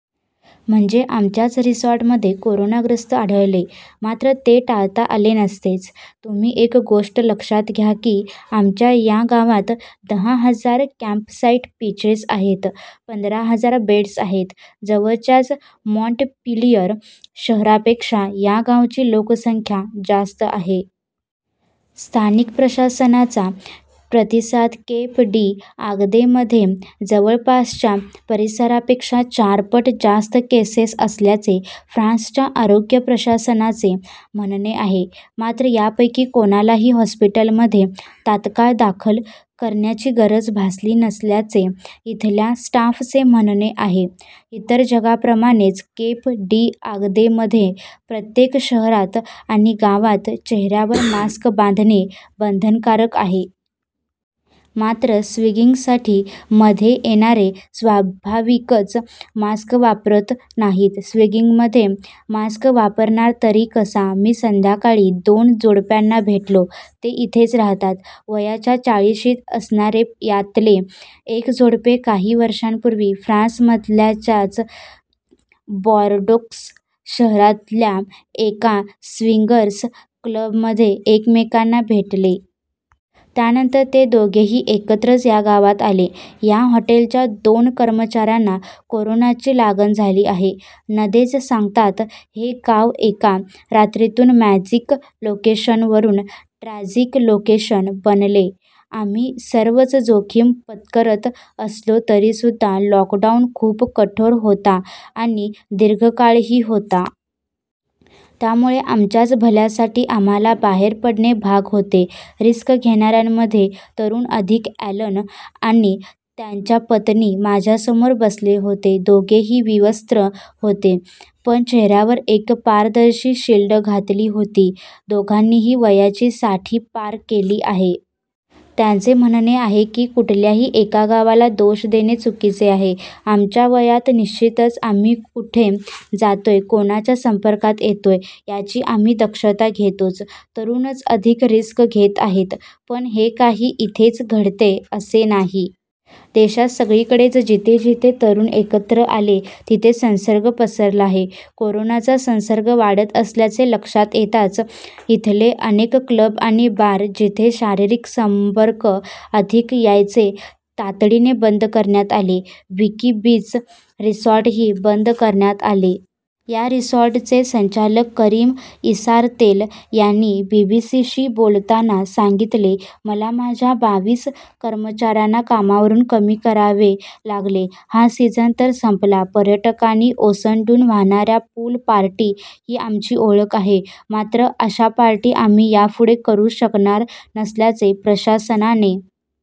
म्हणजे आमच्याच रिसॉर्टमध्ये कोरोनाग्रस्त आढळले. मात्र, ते टाळता आले नसतेच." "तुम्ही एक गोष्ट लक्षात घ्या की आमच्या या गावात दहा हजार कॅम्पसाईट पिचेस आहेत. पंधरा हजार बेड्स आहेत। जवळच्याच मॉन्टपिलिअर शहरापेक्षा या गावाची लोकसंख्या जास्त आहे." स्थानिक प्रशासनाचा प्रतिसाद केप डी-आगदेमध्ये जवळपासच्या परिसरापेक्षा चारपट जास्त केसेस असल्याचे फ्रान्सच्या आरोग्य प्रशासनाचे म्हणणे आहे. मात्र, यापैकी कोणालाही हॉस्पिटलमध्ये तात्काळ दाखल करण्याची गरज भासली नसल्याचे इथल्या स्टाफचे म्हणणे आहे. इतर जगाप्रमाणेच केप डी-आगदेमध्ये प्रत्येक शहरात आणि गावात चेहऱ्यावर मास्क बांधणे बंधनकारक आहे. मात्र, स्विंगिंगसाठी ' 'मध्ये येणारे स्वाभाविकच मास्क वापरत नाहीत. स्विंगींगमध्ये मास्क वापरणार तरी कसा? मी संध्याकाळी दोन जोडप्यांना भेटलो. ते इथेच राहतात. वयाच्या चाळीशीत असणारे यातले एक जोडपे काही वर्षांपूर्वी फ्रान्समधल्याच बॉर्डोक्स शहरातल्या एका स्विंगर्स क्लबमध्ये एकमेकांना भेटले. त्यानंतर ते दोघेही एकत्रच या गावात आले. या हॉटेलच्या दोन कर्मचाऱ्यांना कोरोनाची लागण झाली आहे. नदेज सांगतात, "हे गाव एका रात्रीतून मॅजिक लोकेशनवरून ट्रॅजिक लोकेशन बनले. आम्ही सर्वच जोखीम पत्करत असलो तरीसुद्धा लॉकडाऊन खूप कठोर होता आणि दीर्घकाळही होता. त्यामुळे आमच्याच भल्यासाठी आम्हाला बाहेर पडणे भाग होते." 'रिस्क घेणाऱ्यांमध्ये तरुण अधिक' ॲलेन आणि त्यांच्या पत्नी माझ्यासमोर बसले होते. दोघेही विवस्त्र होते. पण चेहऱ्यावर एक पारदर्शी शिल्ड घातली होती. दोघांनीही वयाची साठी पार केली आहे. त्यांचे म्हणणे आहे की कुठल्याही एका गावाला दोष देणे चुकीचे आहे. "आमच्या वयात निश्चितच आम्ही कुठे जातोय, कोणाच्या संपर्कात येतोय, याची आम्ही दक्षता घेतोच. तरुणच अधिक रिस्क घेत आहेत. पण हे काही इथेच घडतेय असे नाही. देशात सगळीकडेच जिथे-जिथे तरुण एकत्र आले तिथे संसर्ग पसरला आहे." कोरोनाचा संसर्ग वाढत असल्याचे लक्षात येताच इथले अनेक क्लब आणि बार जिथे शारीरिक संपर्क अधिक यायचे तातडीने बंद करण्यात आले. विकी बीच रिसॉर्टही बंद करण्यात आले. या रिसॉर्टचे संचालक करीम इसारतेल यांनी बीबीसीशी बोलताना सांगितले, "मला माझ्या बावीस कर्मचाऱ्यांना कामावरून कमी करावे लागले। हा सीझन तर संपला. पर्यटकांनी ओसंडून वाहणाऱ्या पूल पार्टी ही आमची ओळख आहे. मात्र, अशा पार्टी आम्ही यापुढे करू शकणार नसल्याचे प्रशासनाने"